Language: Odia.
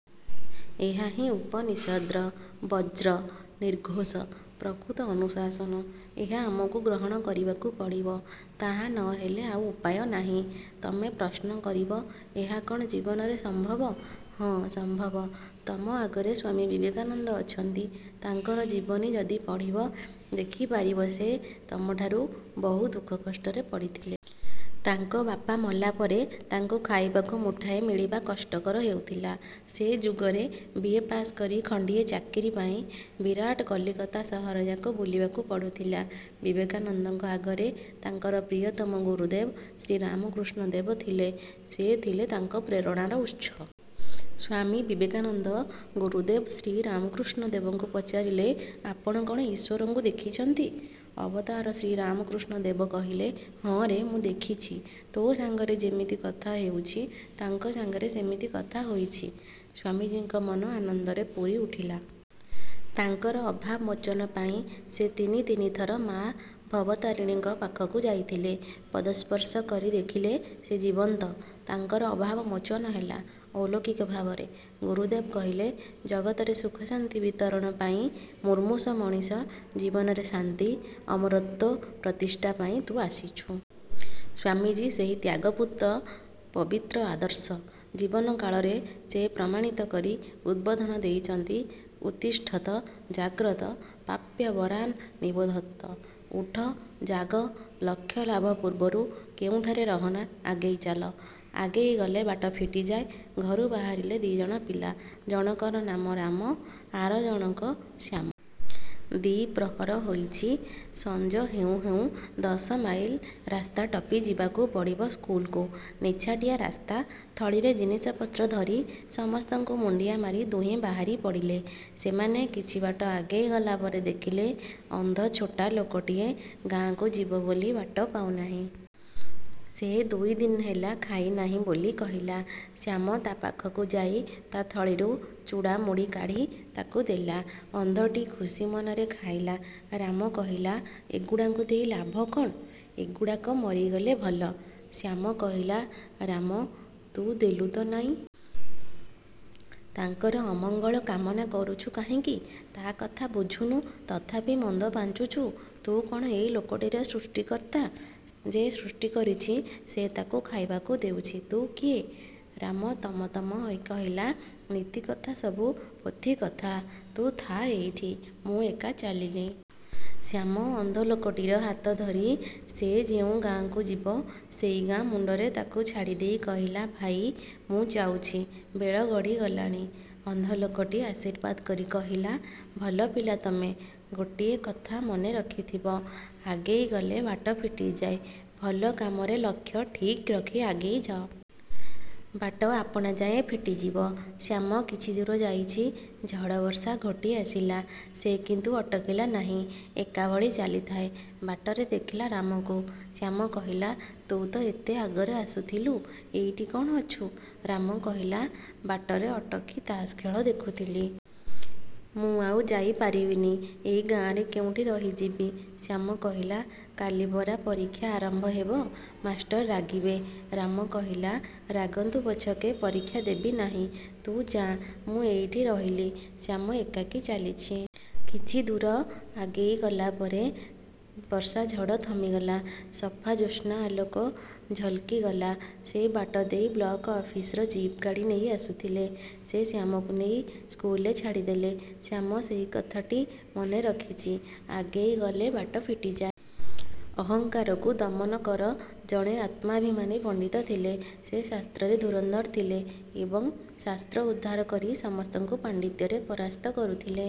ଏହାହିଁ ଉପନିଷଦ୍ର ବଜ୍ର ନିର୍ଘୋଷ-ପ୍ରକୃତ ଅନୁଶାସନ। ଏହା ଆମକୁ ଗ୍ରହଣ କରିବାକୁ ପଡ଼ିବ। ତାହା ନ ହେଲେ ଆଉ ଉପାୟ ନାହିଁ। ତମେ ପ୍ରଶ୍ନ କରିବ ଏହା କ'ଣ ଜୀବନରେ ସମ୍ଭବ? ହଁ। ସମ୍ଭବ। ତମ ଆଗରେ ସ୍ୱାମୀ ବିବେକାନନ୍ଦ ଅଛନ୍ତି। ତାଙ୍କର ଜୀବନୀ ଯଦି ପଢ଼ିବ, ଦେଖିପାରିବ ସେ ତମଠାରୁ ବହୁ ଦୁଃଖକଷ୍ଟରେ ପଡ଼ିଥିଲେ। ତାଙ୍କ ବାପା ମଲାପରେ ତାଙ୍କୁ ଖାଇବାକୁ ମୁଠାଏ ମିଳିବା କଷ୍ଟକର ହେଉଥିଲା। ସେ ଯୁଗରେ ବି:ଏ: ପାସ୍ କରି ଖଣ୍ଡିଏ ଚାକିରିପାଇଁ ବିରାଟ କଲିକତା ସହରଯାକ ବୁଲିବାକୁ ପଡ଼ୁଥିଲା। ବିବେକାନନ୍ଦଙ୍କ ଆଗରେ ତାଙ୍କର ପ୍ରିୟତମ ଗୁରୁଦେବ ଶ୍ରୀରାମକୃଷ୍ଣ ଦେବ ଥିଲେ। ସେ ଥିଲେ ତାଙ୍କ ପ୍ରେରଣାର ଉତ୍ସ। ସ୍ୱାମୀ ବିବେକାନନ୍ଦ ଗୁରୁଦେବ ଶ୍ରୀରାମକୃଷ୍ଣ ଦେବଙ୍କୁ ପଚାରିଲେ, ''ଆପଣ କ'ଣ ଈଶ୍ୱରଙ୍କୁ ଦେଖିଛନ୍ତି? '' ଅବତାର ଶ୍ରୀରାମକୃଷ୍ଣ ଦେବ କହିଥିଲେ, ''ହଁରେ, ମୁଁ ଦେଖିଛି। ତୋ ସାଙ୍ଗରେ ଯେମିତି କଥା ହେଉଛି, ତାଙ୍କ ସାଙ୍ଗରେ ସେମିତି କଥା ହୋଇଛି। '' ସ୍ୱାମୀଜୀଙ୍କ ମନ ଆନନ୍ଦରେ ପୂରି ଉଠିଲା। ତାଙ୍କର ଅଭାବ ମୋଚନ ପାଇଁ ସେ ତିନି ତିନିଥର ମା ଭବତାରିଣୀଙ୍କ ପାଖକୁ ଯାଇଥିଲେ। ପଦସ୍ପର୍ଶ କରି ଦେଖିଲେ ସେ ଜୀବନ୍ତ। ତାଙ୍କର ଅଭାବ ମୋଚନ ହେଲା ଅଲୌକିକ ଭାବରେ। ଗୁରୁଦେବ କହିଲେ, ''ଜଗତରେ ସୁଖଶାନ୍ତି ବିତରଣ ପାଇଁ, ମୁମୂର୍ଷୁ ମଣିଷ-ଜୀବନରେ ଶାନ୍ତି, ଅମରତ୍ୱ ପ୍ରତିଷ୍ଠା ପାଇଁ ତୁ ଆସିଛୁ। '' ସ୍ୱାମୀଜୀ ସେହି ତ୍ୟାଗପୂତ ପବିତ୍ର ଆଦର୍ଶ। ଜୀବନ କାଳରେ ସେ ପ୍ରମାଣିତ କରି ଉଦବୋଧନ ଦେଇଛନ୍ତି-''ଉତ୍ତିଷ୍ଠତ ଜାଗ୍ରତ ପ୍ରାପ୍ୟ ବରାନ୍ ନିବୋଧତ''-ଉଠ, ଜାଗ, ଲକ୍ଷ୍ୟ ଲାଭ ପୂର୍ବରୁ କେଉଁଠାରେ ରହନା, ଆଗେଇ ଚାଲ। ଆଗେଇଗଲେ ବାଟ ଫିଟିଯାଏ ଘରୁ ବାହାରିଲେ ଦିଜଣ ପିଲା। ଜଣକର ନାମ ରାମ, ଆର ଜଣକ ଶ୍ୟାମ। ଦ୍ୱିପହର ହେଇଛି; ସଞ୍ଜ ହେଉଁ ହେଉଁ ଦଶମାଇଲ ରାସ୍ତା ଟପି ଯିବାକୁ ପଡ଼ିବ ସ୍କୁଲକୁ। ନିଛାଟିଆ ରାସ୍ତା। ଥଳିରେ ଜିନିଷପତ୍ର ଧରି ସମସ୍ତଙ୍କୁ ମୁଣ୍ଡିଆ ମାରି ଦୁହେଁ ବାହାରି ପଡ଼ିଲେ। ସେମାନେ କିଛି ବାଟ ଆଗେଇ ଗଲା ପରେ ଦେଖିଲେ ଅନ୍ଧ ଛୋଟା ଲୋକଟିଏ ଗାଁକୁ ଯିବ ବୋଲି ବାଟ ପାଉନାହିଁ। ସେ ଦୁଇଦିନ ହେଲା ଖାଇନାହିଁ ବୋଲି କହିଲା। ଶ୍ୟାମ ତା ପାଖକୁ ଯାଇ ତା ଥଳିରୁ ଚୂଡ଼ା-ମୁଢ଼ି କାଢ଼ି ତାକୁ ଦେଲା। ଅନ୍ଧଟି ଖୁସି ମନରେ ଖାଇଲା। ରାମ କହିଲା-ଏଗୁଡ଼ାଙ୍କୁ ଦେଇ ଲାଭ କଣ? ଏଗୁଡ଼ାକ ମରିଗଲେ ଭଲ। ଶ୍ୟାମ କହିଲା-ରାମ, ତୁ ଦେଲୁତ ନାହିଁ। ତାଙ୍କର ଅମଙ୍ଗଳ କାମନା କରୁଛୁ କାହିଁକି? ତା' କଥା ବୁଝୁନୁ, ତଥାପି ମନ୍ଦ ପାଞ୍ଚୁଛୁ। ତୁ କଣ ଏଇ ଲୋକଟିର ସୃଷ୍ଟିକର୍ତ୍ତା। ଯେ ସୃଷ୍ଟି କରିଛି ସେ ତାକୁ ଖାଇବାକୁ ଦେଉଛି। ତୁ କିଏ? ରାମ ତମ-ତମ ହୋଇ କହିଲା-ନୀତିକଥା ସବୁ ପୋଥି-କଥା। ତୁ ଥା ଏଇଠି, ମୁଁ ଏକା ଚାଲିଲି। ଶ୍ୟାମ ଅନ୍ଧଲୋକଟିର ହାତ ଧରି ସେ ଯେଉଁ ଗାଁକୁ ଯିବ ସେଇ ଗାଁ ମୁଣ୍ଡରେ ତାକୁ ଛାଡ଼ିଦେଇ କହିଲା-''ଭାଇ, ମୁଁ ଯାଉଛି, ବେଳ ଗଡ଼ିଗଲାଣି। '' ଅନ୍ଧଲୋକଟି ଆଶୀର୍ବାଦ କରି କହିଲା-''ଭଲ ପିଲା ତମେ। ଗୋଟିଏ କଥା ମନେ ରଖିଥିବ-ଆଗେଇ ଗଲେ ବାଟ ଫିଟିଯାଏ। ଭଲ କାମରେ ଲକ୍ଷ୍ୟ ଠିକ୍ ରଖି ଆଗେଇ ଯାଅ। ବାଟ ଆପଣାଛାଏଁ ଫିଟିଯିବ। '' ଶ୍ୟାମ କିଛିଦୂର ଯାଇଛି, ଝଡ଼ ବର୍ଷା ଘୋଟି ଆସିଲା। ସେ କିନ୍ତୁ ଅଟକିଲା ନାହିଁ ଏକାଭଳି ଚାଲିଥାଏ। ବାଟରେ ଦେଖିଲା ରାମକୁ। ଶ୍ୟାମ କହିଲା,-''ତୁ ତ ଏତେ ଆଗରେ ଆସୁଥିଲୁ, ଏଇଠି କଣ ଅଛୁ? '' ରାମ କହିଲା-''ବାଟରେ ଅଟକି ତାସଖେଳ ଦେଖୁଥିଲି। ମୁଁ ଆଉ ଯାଇ ପାରିବିନି। ଏଇ ଗାଁରେ କେଉଁଠି ରହିଯିବି। '' ଶ୍ୟାମ କହିଲା-''କାଲି ପରା ପରୀକ୍ଷା ଆରମ୍ଭ ହେବ। ମାଷ୍ଟର ରାଗିବେ। '' ରାମ କହିଲା-''ରାଗନ୍ତୁ ପଛକେ ପରୀକ୍ଷା ଦେବି ନାହିଁ, ତୁ ଯା, ମୁଁ ଏଇଠି ରହିଲି। '' ଶ୍ୟାମ ଏକାକୀ ଚାଲିଛି। କିଛି ଦୂର ଆଗେଇ ଗଲାପରେ ବର୍ଷା ଝଡ଼ ଥମିଗଲା। ସଫା ଜ୍ୟୋତ୍ସ୍ନା ଆଲୋକ ଝଲକି ଗଲା। ସେ ବାଟ ଦେଇ ବ୍ଲକ-ଅଫିସର ଜିପ୍ ଗାଡ଼ି ନେଇ ଆସୁଥିଲେ। ସେ ଶ୍ୟାମକୁ ନେଇ ସ୍କୁଲରେ ଛାଡ଼ିଦେଲେ। ଶ୍ୟାମ ସେଇ କଥାଟି ମନେ ରଖିଛି-'ଆଗେଇ ଗଲେ ବାଟ ଫିଟିଯାଏ। ' ଅହଂକାରକୁ ଦମନ କର ଜଣେ ଆତ୍ମାଭିମାନୀ ପଣ୍ଡିତ ଥିଲେ। ସେ ଶାସ୍ତ୍ରରେ ଧୁରନ୍ଧର ଥିଲେ ଏବଂ ଶାସ୍ତ୍ର ଉଦ୍ଧାର କରି ସମସ୍ତଙ୍କୁ ପାଣ୍ଡିତ୍ୟରେ ପରାସ୍ତ କରୁଥିଲେ।